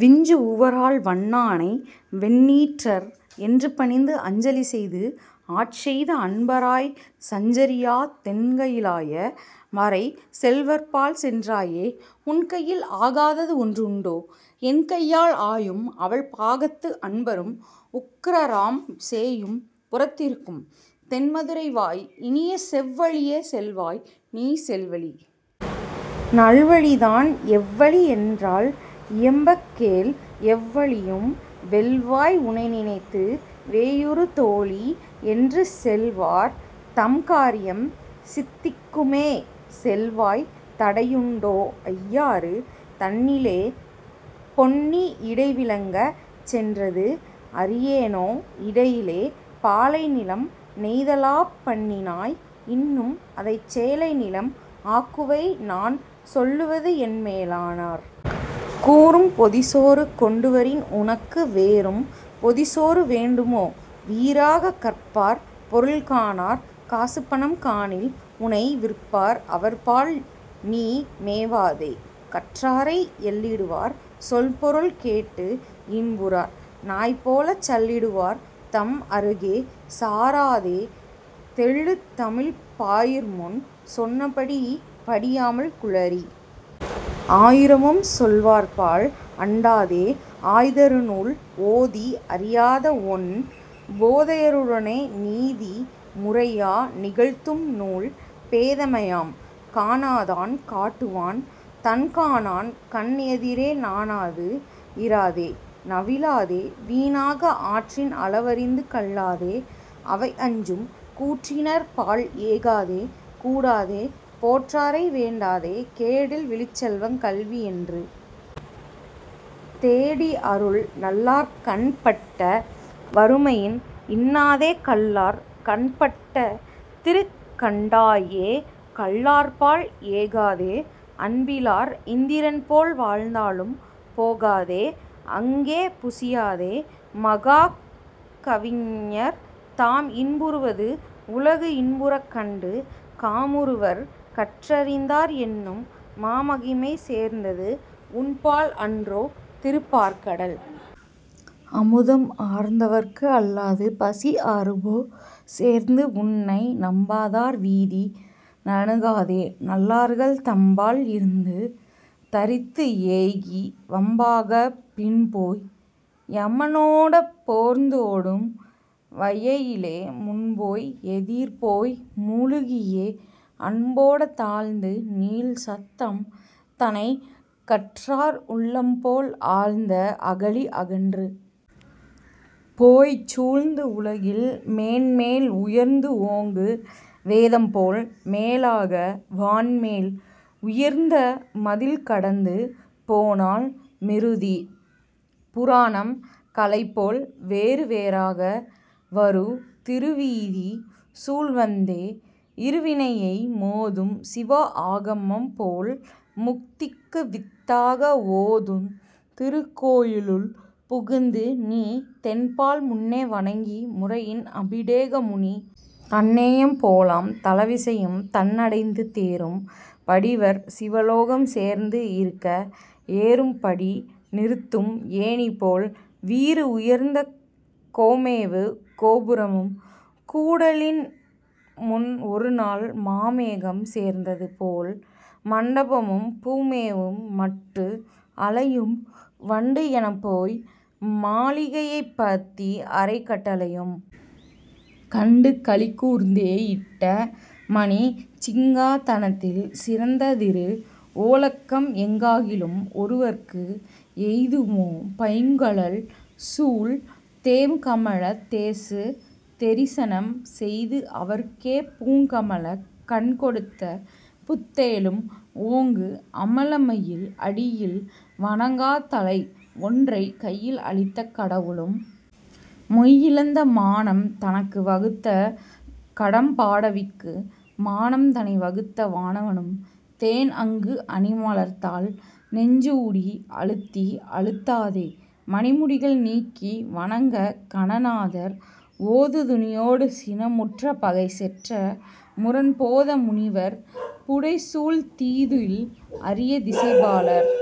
விஞ்சு உவரால் வண்ணானை வெண்ணீற்றர் என்றுபணிந்து அஞ்சலி செய்து ஆட்செய்த அன்பராய்ச் சஞ்சரியாத் தென்கையிலாய வரைச் செல்வர்பால் சென்றாயே உன்கையில் ஆகாதது ஒன்று உண்டோ என்கையால் ஆயும் அவள் பாகத்து அன்பரும் உக்கிரராம் சேயும் புரந்திருக்கும் தென்மதுரை வாய் இனிய செவ்வழியே செல்வாய் நீ செல்வழி நல்வழிதான் எவ்வழி என்றால் இயம்பக் கேள் எவ்வழியும் வெல்வாய் உனைநினைந்து வேயுறு தோளி என்று செல்வார் தம் காரியம் சித்திக்குமே செல்வாய் தடைஉண்டோ ஐயாறு தன்னிலே பொன்னி இடைவிலங்கச் சென்றது அறியேனோ இடையிலே பாலைநிலம் நெய்தலாப் பண்ணினாய் இன்னும்அதைச் சோலைநிலம் ஆக்குவை நான் சொல்லுவதுஎன் மேலானார் கூறும் பொதிசோறு கொண்டுவரின் உனக்கு வேறும் பொதிசோறு வேண்டுமோ வீறாகக் கற்பார் பொருள்காணார் காசுபணம் காணில் உனை விற்பார் அவர்பால் நீ மேவாதே கற்றாரை எள்ளிடுவார் சொல்பொருள் கேட்டு இன்புறார் நாய் போலச் சள்ளிடுவார் தம் அருகே சாராதே தெள்ளுதமிழ்ப் பாயிரம்முன் சொன்னபடி படியாமல் குழறி ஆயிரமும் சொல்வார்பால் அண்டாதே ஆய்தருநூல் ஓதிஅறியாத ஒண் பேதையருடனே நீதி முறையா நிகழ்த்தும் நூல் பேதமையாம் காணாதான் காட்டுவான் தான்காணான் கண்எதிரே நாணாது இராதே நவிலாதே வீணாக ஆற்றின் அளவறிந்து கல்லாது அவைஅஞ்சும் கூற்றினர் பால் ஏகாதே கூடாதே போற்றாரை வேண்டாதே கேடில் விழுச்செல்வங் கல்விஎன்று தேடி அருள் நல்லார்கண் பட்ட வறுமையின் இன்னாதே கல்லார் கண் பட்ட திருக் கண்டாயே கல்லார்பால் ஏகாதே அன்பிலார் இந்திரன்போல் வாழ்ந்தாலும் போகாதே அங்கே புசியாதே மாகவிஞர் தாம் இன்புறுவது உலகு இன்புறக் கண்டு காமுறுவர் கற்றரிந்தார் என்னும் மாமகிமை சேர்ந்தது உன்பால் அன்றோ திருப்பாற்கடல் அமுதம் ஆர்ந்தவர்க்கு அல்லாது பசி ஆறுமோ சேர்ந்து உன்னை நம்பாதார் வீதி நணுகாதே நல்லார்கள் தம்பால் இருந்து தரித்து ஏகி வம்பாகப் பின்போய் யமன்ஓடப் பேர்ந்துஓடும் வையையிலே முன்போய் எதிர்போய் முழுகியே அன்போட தாழ்ந்து நீள் சத்தம் தனைக் கற்றார் உள்ளம்போல் ஆழ்ந்த அகழி அகன்று போய்ச் சூழ்ந்து உலகில் மேன்மேல் உயர்ந்துஓங்கு வேதம்போல் மேலாக வான்மேல் உயர்ந்த மதில் கடந்து போனால் மிருதி புராணம் கலைபோல் வேறுவேறாக வரு திருவீதி சூழ்வந்தே இருவினையை மோதும் சிவஆகமம்போல் முத்திக்கு வித்தாக ஓதுந் திருக்கோயிலுள் புகுந்து நீ தென்பால் முன்னே வணங்கி முறையின் அபிடேகமுனி தன் நேயம் போலாம் தளவிசையும் தன் அடைந்து தேறும் படிவர் சிவலோகம் சேர்ந்து இருக்க ஏறும் படி நிறுத்தும் ஏணிபோல் வீறு உயர்ந்த கோமேவு கோபுரமும் கூடலின்மேல் முன் ஒருநால் மாமேகம் சேர்ந்தது போல் மண்டபமும் பூமேவும் மட்டு அளையும் வண்டுஎனப்போய் மாளிகைப்பத்தி அறைக் கட்டளையும் கண்டு களி கூர்ந்தே இட்ட மணிச் சிங்கா தனத்தில் சிறந்ததிரு வோலக்கம் எங்காகிலும் ஒருவர்க்கு எய்துமோ பைங்கழல் சூழ் தேம்கமலத் தேசு தெரிசனம் செய்து அவர்க்கே பூங்கமலக் கண் கொடுத்த புத்தேளும் -ஓங்கு அமல மையில் அடியில் வணங்காத் தலை ஒன்றைக் கையில் அளித்த கடவுளும் மொய் இழந்த மானம் தனக்கு வகுத்த கடம்பாடவிக்கு மானம் தனை வகுத்த வானவனும்- தேன் அங்கு அணி மலர்த்தாள் நெஞ்சூடு அழுத்தி அழுத்தாதே மணிமுடிகள் நீக்கி வணங்கக் கணநாதர் ஓதுதுனியோடு சினம் உற்ற பகை செற்ற முரண் போத முனிவர் புடைசூழத் தீதுஇல் அரிய திசைப்பாலர்